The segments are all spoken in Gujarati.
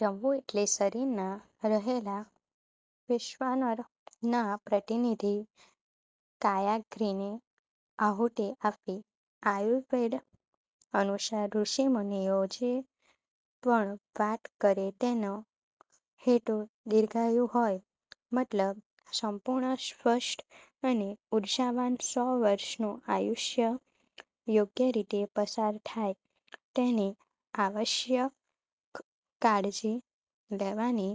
જમવું એટલે શરીરમાં રહેલા વૈશ્વાનરના પ્રતિનિધિ કાયાગ્નિને આહુતિ આપવી. આયુર્વેદ અનુસાર ઋષિમુનિઓ જે પણ વાત કરે તેનો હેતુ દીર્ઘાયુ હોય. મતલબ, સંપૂર્ણ સ્વસ્થ અને ઉર્જાવાન સો વર્ષનું આયુષ્ય યોગ્ય રીતે પસાર થાય તેની આવશ્યક કાળજી લેવાની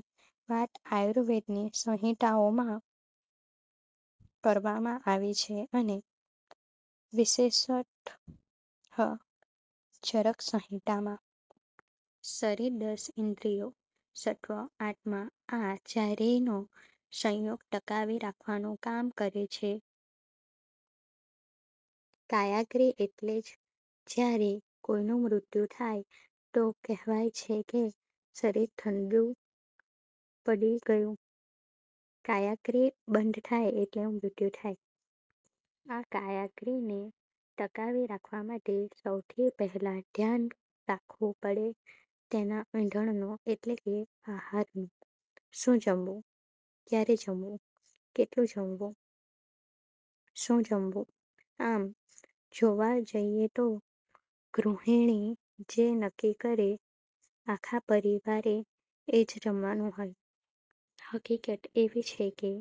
વાત આયુર્વેદની સંહિતાઓમાં કરવામાં આવી છે અને વિશેષતઃ ચરકસંહિતામાં. શરીર દસ ઇન્દ્રિયો, સત્વ, આત્મા – આ ચારેયનો સંયોગ ટકાવી રાખવાનું કામ કરે છે કાયાગ્નિ. એટલે જ જ્યારે કોઈનું મૃત્યુ થાય તો કહેવાય છે કે "શરીર ઠંડુ પડી ગયું". કાયાગ્નિ બંધ થાય એટલે મૃત્યુ થાય. આ કાયાગ્નિને ટકાવી રાખવા માટે સૌથી પહેલાં ધ્યાન રાખવું પડે તેના ઇંધણનું – એટલે કે આહારનું. શું જમવું? ક્યારે જમવું? કેટલું જમવું? શું જમવું – આમ જોવા જઈએ તો ગૃહિણી જે નક્કી કરે, આખા પરિવારે એ જ જમવાનું હોયને! હકીકત એવી છે કે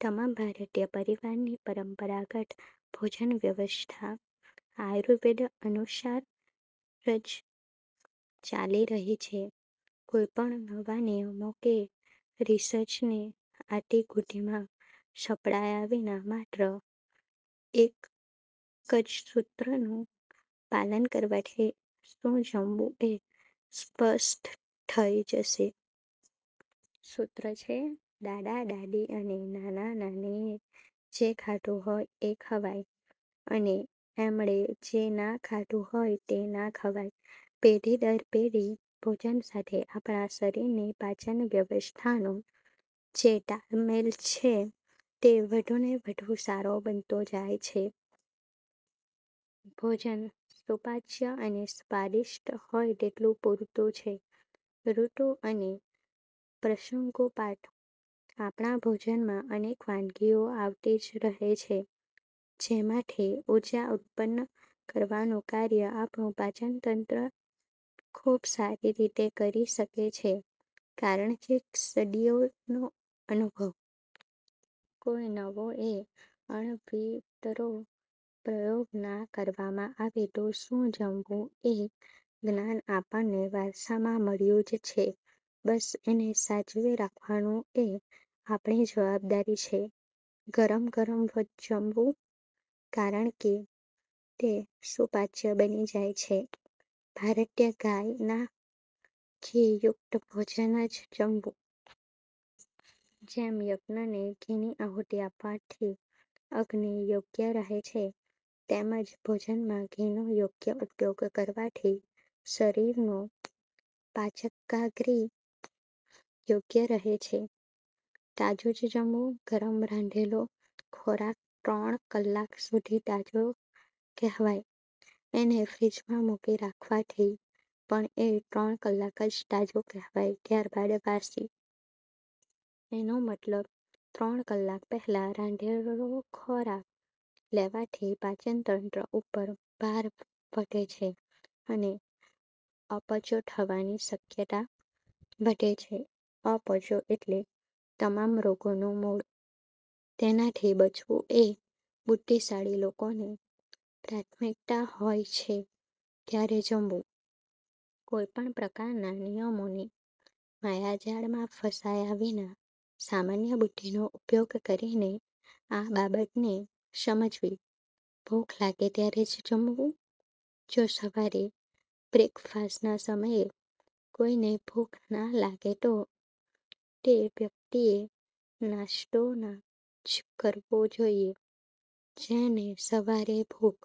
તમામ ભારતીય પરિવારની પરંપરાગત ભોજનવ્યવસ્થા આયુર્વેદ અનુસાર જ ચાલી રહી છે. કોઈ પણ નવા નિયમો કે રિસર્ચની આંટીઘૂંટીમાં સપડાયા વિના માત્ર એક જ સૂત્રનું પાલન કરવાથી શું જમવું એ સ્પષ્ટ થઈ જશે. સૂત્ર છે: દાદા-દાદી અને નાના-નાનીએ જે ખાધું હોય એ ખવાય અને એમણે જે ના ખાધું હોય તે ના ખવાય. પેઢી દર પેઢી ભોજન સાથે આપણા શરીરની પાચન વ્યવસ્થાનો જે તાલમેલ છે તે વધુને વધુ સારો બનતો જાય છે. ભોજન સુપાચ્ય અને સ્વાદિષ્ટ હોય તેટલું પૂરતું છે. ઋતુ અને પ્રસંગોપાત આપણા ભોજનમાં અનેક વાનગીઓ આવતી જ રહે છે. જેમાંથી ઉર્જા ઉત્પન્ન કરવાનું કાર્ય આપણું પાચનતંત્ર ખૂબ સારી રીતે કરી શકે છે, કારણ છે સદીઓનો અનુભવ. કોઈ નવો કે અળવીતરો પ્રયોગ ના કરવામાં આવે તો શું જમવું એ જ્ઞાન આપણને વારસામાં મળ્યું જ છે, બસ એને સાચવી રાખવું એ આપણી જવાબદારી છે. ગરમગરમજમવું, કારણકે તે સુપાચ્ય બની જાય છે. ભારતીય ગાયના ઘી યુક્ત ભોજન જ જમવું. જેમ યજ્ઞને ઘીની આહુતી આપવાથી અગ્નિ યોગ્ય રહે છે, તેમજ ભોજનમાં ઘીનો યોગ્ય ઉપયોગ કરવાથી શરીરનો પાચકાગ્નિ યોગ્ય રહે છે. તાજું જ જમવું. ગરમ રાંધેલો ખોરાક ત્રણ કલાક સુધી તાજો કહેવાય. એને ફ્રીઝમાં મૂકી રાખવાથી પણ એ ત્રણ કલાક જ તાજો કહેવાય, ત્યારબાદ વાસી. એનો મતલબ, ત્રણ કલાક પહેલાં રાંધેલો ખોરાક લેવાથી પાચનતંત્ર ઉપર ભાર વધે છે અને અપચો થવાની શક્યતા વધે છે. અપચો એટલે તમામ રોગોનું મૂળ. તેનાથી બચવું એ બુદ્ધિશાળી લોકોની પ્રાથમિકતા હોય છે. ક્યારે જમવું? કોઈ પણ પ્રકારના નિયમોની માયાજાળમાં ફસાયા વિના, સામાન્ય બુદ્ધિનો ઉપયોગ કરીને આ બાબતને સમજવી. "ભૂખ લાગે ત્યારે જ જમવું". જો સવારે બ્રેકફાસ્ટના સમયે કોઈને ભૂખ ના લાગે તો તેવ્યક્તિએ નાસ્તો ના જ કરવો જોઈએ. જેને સવારે ભૂખ